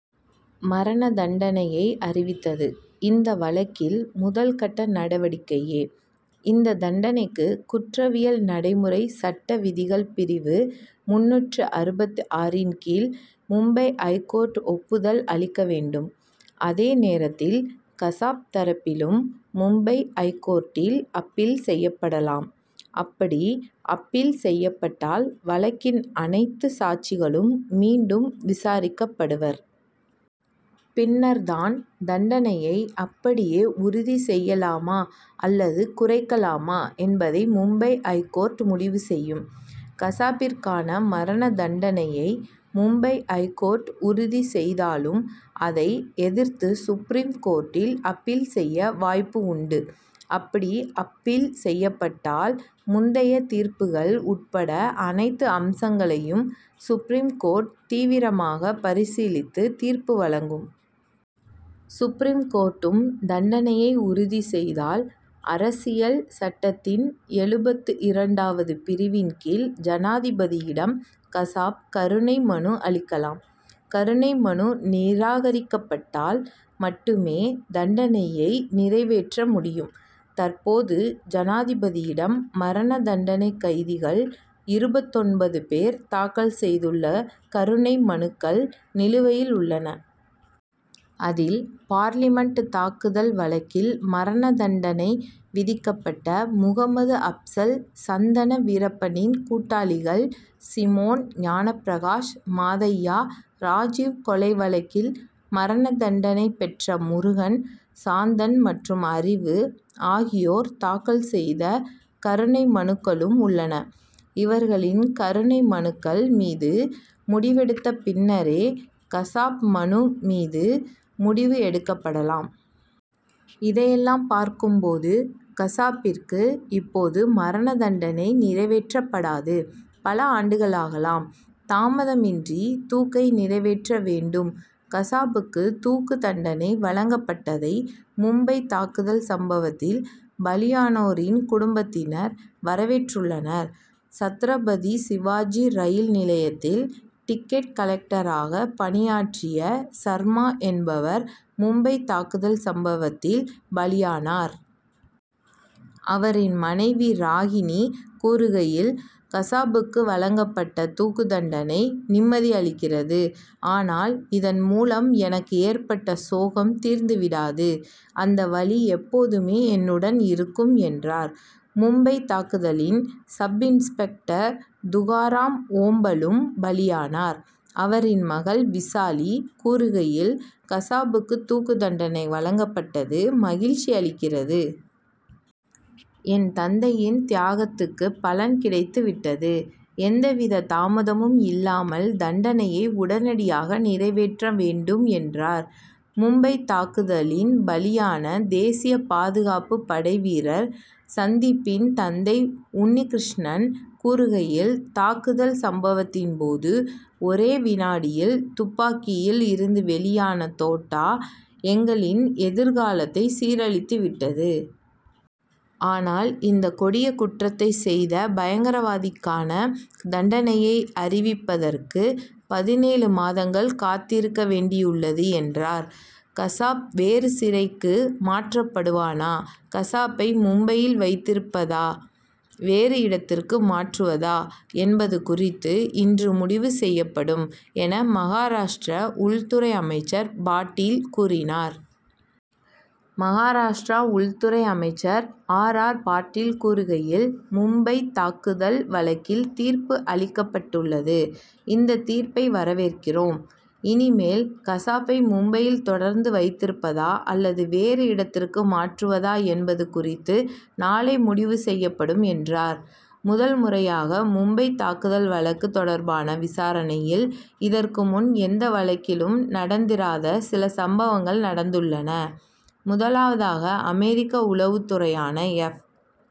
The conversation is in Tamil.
மரண தண்டனையை அறிவித்தது இந்த வழக்கில் முதல் கட்ட நடவடிக்கையே. இந்த தண்டனைக்கு குற்றவியல் நடைமுறை சட்ட விதிகள் பிரிவு முந்நூற்று அறுபத்து ஆறின் கீழ் மும்பை ஐகோர்ட் ஒப்புதல் அளிக்க வேண்டும். அதே நேரத்தில் கசாப் தரப்பிலும் மும்பை ஐகோர்ட்டில் அப்பீல் செய்யப்படலாம். அப்படி அப்பீல் செய்யப்பட்டால் வழக்கின் அனைத்து சாட்சிகளும் மீண்டும் விசாரிக்கப்படுவர். பின்னர் தான் தண்டனையை அப்படியே உறுதி செய்யலாமா அல்லது குறைக்கலாமா என்பதை மும்பை ஐகோர்ட் முடிவு செய்யும். கசாப்பிற்கான மரண தண்டனையை மும்பை ஐகோர்ட் உறுதி செய்தாலும் அதை எதிர்த்து சுப்ரீம் கோர்ட்டில் அப்பீல் செய்ய வாய்ப்பு உண்டு. அப்படி அப்பீல் செய்யப்பட்டால் முந்தைய தீர்ப்புகள் உட்பட அனைத்து அம்சங்களையும் சுப்ரீம் கோர்ட் தீவிரமாக பரிசீலித்து தீர்ப்பு வழங்கும். சுப்ரீம் கோர்ட்டும் தண்டனையை உறுதி செய்தால் அரசியல் சட்டத்தின் எழுபத்து இரண்டாவது பிரிவின் கீழ் ஜனாதிபதியிடம் கசாப் கருணை மனு அளிக்கலாம். கருணை மனு நிராகரிக்கப்பட்டால் மட்டுமே தண்டனையை நிறைவேற்ற முடியும். தற்போது ஜனாதிபதியிடம் மரண தண்டனை கைதிகள் இருபத்தொன்பது பேர் தாக்கல் செய்துள்ள கருணை மனுக்கள் நிலுவையில் உள்ளன. அதில் பார்லிமென்ட் தாக்குதல் வழக்கில் மரண தண்டனை விதிக்கப்பட்ட முகமது அப்சல் சந்தன வீரப்பனின் கூட்டாளிகள் சிமோன் ஞானபிரகாஷ் மாதய்யா ராஜிவ் கொலை வழக்கில் மரண தண்டனை பெற்ற முருகன் சாந்தன் மற்றும் அறிவு ஆகியோர் தாக்கல் செய்த கருணை மனுக்களும் உள்ளன. இவர்களின் கருணை மனுக்கள் மீது முடிவெடுத்த பின்னரே கசாப் மனு மீது முடிவு எடுக்கப்படலாம். இதையெல்லாம் பார்க்கும் போது கசாப்பிற்கு இப்போது மரண தண்டனை நிறைவேற்றப்படாது. பல ஆண்டுகளாகலாம். தாமதமின்றி தூக்கை நிறைவேற்ற வேண்டும் கசாபுக்கு தூக்கு தண்டனை வழங்கப்பட்டதை மும்பை தாக்குதல் சம்பவத்தில் பலியானோரின் குடும்பத்தினர் வரவேற்றுள்ளனர். சத்ரபதி சிவாஜி ரயில் நிலையத்தில் டிக்கெட் கலெக்டராக பணியாற்றிய சர்மா என்பவர் மும்பை தாக்குதல் சம்பவத்தில் பலியானார். அவரின் மனைவி ராகினி கூறுகையில் கசாபுக்கு வழங்கப்பட்ட தூக்கு தண்டனை நிம்மதி அளிக்கிறது. ஆனால் இதன்மூலம் எனக்கு ஏற்பட்ட சோகம் தீர்ந்து விடாது. அந்த வலி எப்போதுமே என்னுடன் இருக்கும் என்றார். மும்பை தாக்குதலில் சப் இன்ஸ்பெக்டர் துகாராம் ஓம்பலும் பலியானார். அவரின் மகள் விசாலி கூறுகையில் கசாபுக்கு தூக்கு தண்டனை வழங்கப்பட்டது மகிழ்ச்சி அளிக்கிறது. என் தந்தையின் தியாகத்துக்கு பலன் கிடைத்து விட்டது. எந்தவித தாமதமும் இல்லாமல் தண்டனையை உடனடியாக நிறைவேற்ற வேண்டும் என்றார். மும்பை தாக்குதலில் பலியான தேசிய பாதுகாப்பு படை வீரர் சந்தீப்பின் தந்தை உன்னி கிருஷ்ணன் கூறுகையில் தாக்குதல் சம்பவத்தின்போது ஒரே விநாடியில் துப்பாக்கியில் இருந்து வெளியான தோட்டா எங்களின் எதிர்காலத்தை சீரழித்து விட்டது. ஆனால் இந்த கொடிய குற்றத்தை செய்த பயங்கரவாதிக்கான தண்டனையை அறிவிப்பதற்கு பதினேழு மாதங்கள் காத்திருக்க வேண்டியுள்ளது என்றார். கசாப் வேறு சிறைக்கு மாற்றப்படுவானா கசாப்பை மும்பையில் வைத்திருப்பதா வேறு இடத்துக்கு மாற்றுவதா என்பது குறித்து இன்று முடிவு செய்யப்படும் என மகாராஷ்டிர உள்துறை அமைச்சர் பாட்டீல் கூறினார். மகாராஷ்டிரா உள்துறை அமைச்சர் ஆர். ஆர். பாட்டீல் கூறுகையில் மும்பைத் தாக்குதல் வழக்கில் தீர்ப்பு அளிக்கப்பட்டுள்ளது. இந்த தீர்ப்பை வரவேற்கிறோம். இனிமேல் கசாப்பை மும்பையில் தொடர்ந்து வைத்திருப்பதா அல்லது வேறு இடத்துக்கு மாற்றுவதா என்பது குறித்து நாளை முடிவு செய்யப்படும் என்றார். முதல் முறையாகமும்பைத் தாக்குதல் வழக்கு தொடர்பான விசாரணையில் இதற்குமுன் எந்த வழக்கிலும் நடந்திராத சில சம்பவங்கள் நடந்துள்ளன. முதலாவதாக அமெரிக்க உளவுத் துறையான எப்.